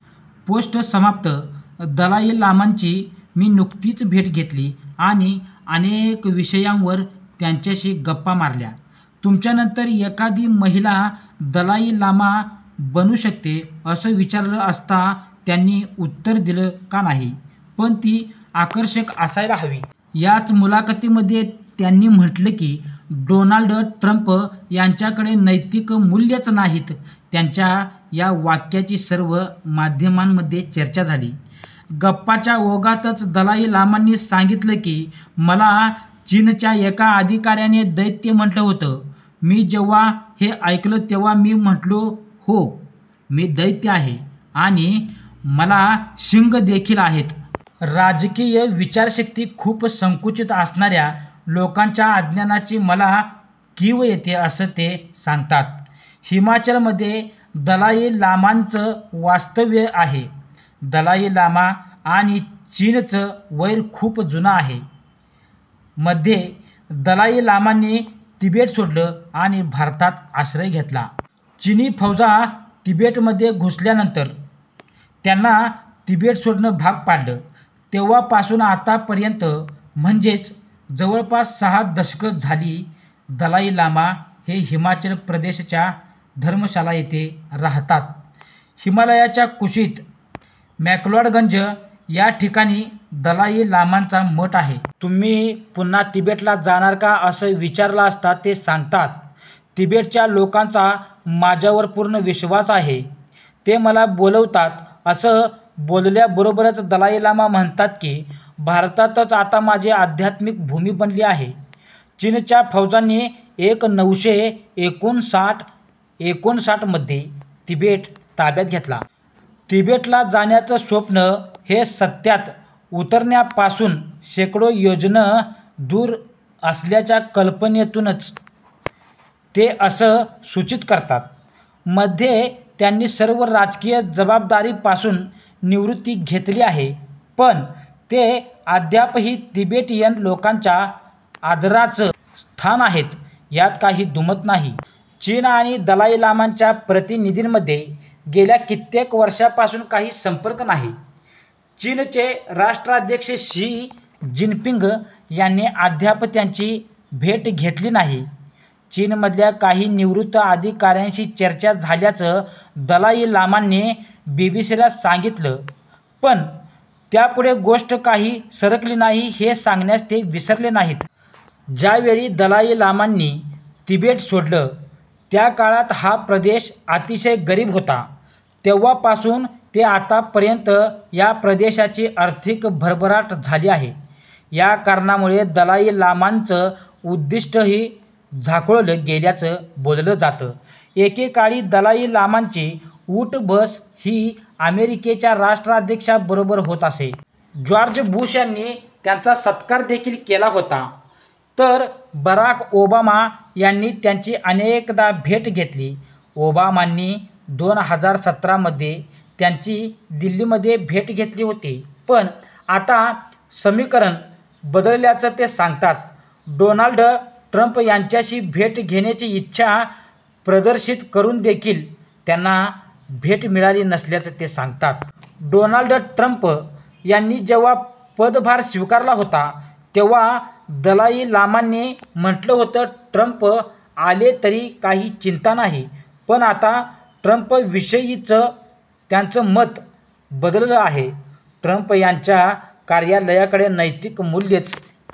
Post समाप्त, दलाई लामांची मी नुकतीच भेट घेतली आणि अनेक विषयांवर त्यांच्याशी गप्पा मारल्या. तुमच्यानंतर एखादी महिला दलाई लामा बनू शकते असं विचारलं असता त्यांनी उत्तर दिलं का नाही? पण ती आकर्षक असायला हवी. याच मुलाखतीमध्ये त्यांनी म्हटलं की डोनाल्ड ट्रंप यांच्याकडे नैतिक मूल्यंच नाहीत. त्यांच्या या वाक्याची सर्व माध्यमांमध्ये चर्चा झाली. गप्पाच्या ओघातच दलाई लामांनी सांगितलं की मला चीनच्या एका अधिकाऱ्याने दैत्य म्हटलं होतं. मी जेव्हा हे ऐकलं तेव्हा मी म्हटलो हो मी दैत्य आहे आणि मला शिंगं देखील आहेत. राजकीय विचारशक्ती खूप संकुचित असणाऱ्या लोकांच्या अज्ञानाची मला कीव येते असं ते सांगतात. हिमाचलमध्ये दलाई लामांचं वास्तव्य आहे. दलाई लामा आणि चीनचं वैर खूप जुनं आहे. मध्ये दलाई लामांनी तिबेट सोडलं आणि भारतात आश्रय घेतला. चिनी फौजा तिबेटमध्ये घुसल्यानंतर त्यांना तिबेट सोडणं भाग पडलं. तेव्हापासून आतापर्यंत म्हणजेच जवळपास सहा दशकं झाली दलाई लामा हे हिमाचल प्रदेशच्या धर्मशाला येथे राहतात. हिमालयाच्या कुशीत मॅकलॉडगंज या ठिकाणी दलाई लामांचा मठ आहे. तुम्ही पुन्हा तिबेटला जाणार का असं विचारलं असता ते सांगतात तिबेटच्या लोकांचा माझ्यावर पूर्ण विश्वास आहे. ते मला बोलवतात. असं बोलल्याबरोबरच दलाई लामा म्हणतात की भारतच आता माझी अध्यात्मिक भूमी बनली आहे. चीनच्या फौजांनी एक नऊशे एकूनसाठ एकोणसाठ मध्ये तिबेट ताब्यात घेतला. तिबेटला जाण्याचं स्वप्न हे सत्यात उतरण्यापासून शेकडो योजनं दूर असल्याच्या कल्पनेतूनच ते असं सूचित करतात. मध्ये त्यांनी सर्व राजकीय जबाबदारीपासून निवृत्ती घेतली आहे पण ते अद्यापही तिबेटियन लोकांच्या आदराचं स्थान आहेत यात काही दुमत नाही. चीन आणि दलाई लामांच्या प्रतिनिधींमध्ये गेल्या कित्येक वर्षांपासून काही संपर्क नाही. चीनचे राष्ट्राध्यक्ष शी जिनपिंग यांनी अद्याप त्यांची भेट घेतली नाही. चीनमधल्या काही निवृत्त अधिकाऱ्यांशी चर्चा झाल्याचं दलाई लामांनी बीबीसीला सांगितलं पण त्यापुढे गोष्ट काही सरकली नाही हे सांगण्यास ते विसरले नाहीत. ज्या वेळी दलाई लामांनी तिबेट सोडलं त्या काळात हा प्रदेश अतिशय गरीब होता. तेव्हापासून ते आतापर्यंत या प्रदेशाची आर्थिक भरभराट झाली आहे. याकारणामुळे दलाई लामांचं उद्दिष्टही झाकोळलं गेल्याचं बोललं जातं. एकेकाळी दलाई लामांची ऊठ-बस ही अमेरिकेच्या राष्ट्राध्यक्षाबरोबर होत असे. जॉर्ज बुश यांनी त्यांचा सत्कार देखील केला होता. तर बराक ओबामा यांनी त्यांची अनेकदा भेट घेतली. ओबामांनी दोन हजार सतरा मध्ये त्यांची दिल्लीमध्ये भेट घेतली होती. पण आता समीकरणं बदलल्याचं ते सांगतात. डोनाल्ड ट्रंप यांच्याशी भेट घेण्याची इच्छा प्रदर्शित करून देखील त्यांना भेट मिळाली नसल्याचं ते सांगतात. डोनाल्ड ट्रंप यांनी जेव्हा पदभार स्वीकारला होता तेव्हा दलाई लामांनी म्हटलं होतं, ट्रंप आले तरी काही चिंता नाही पण आता ट्रंपविषयीचं त्यांचं मत बदललं आहे. ट्रंप यांच्या कार्यालयाकडे नैतिक मूल्यचं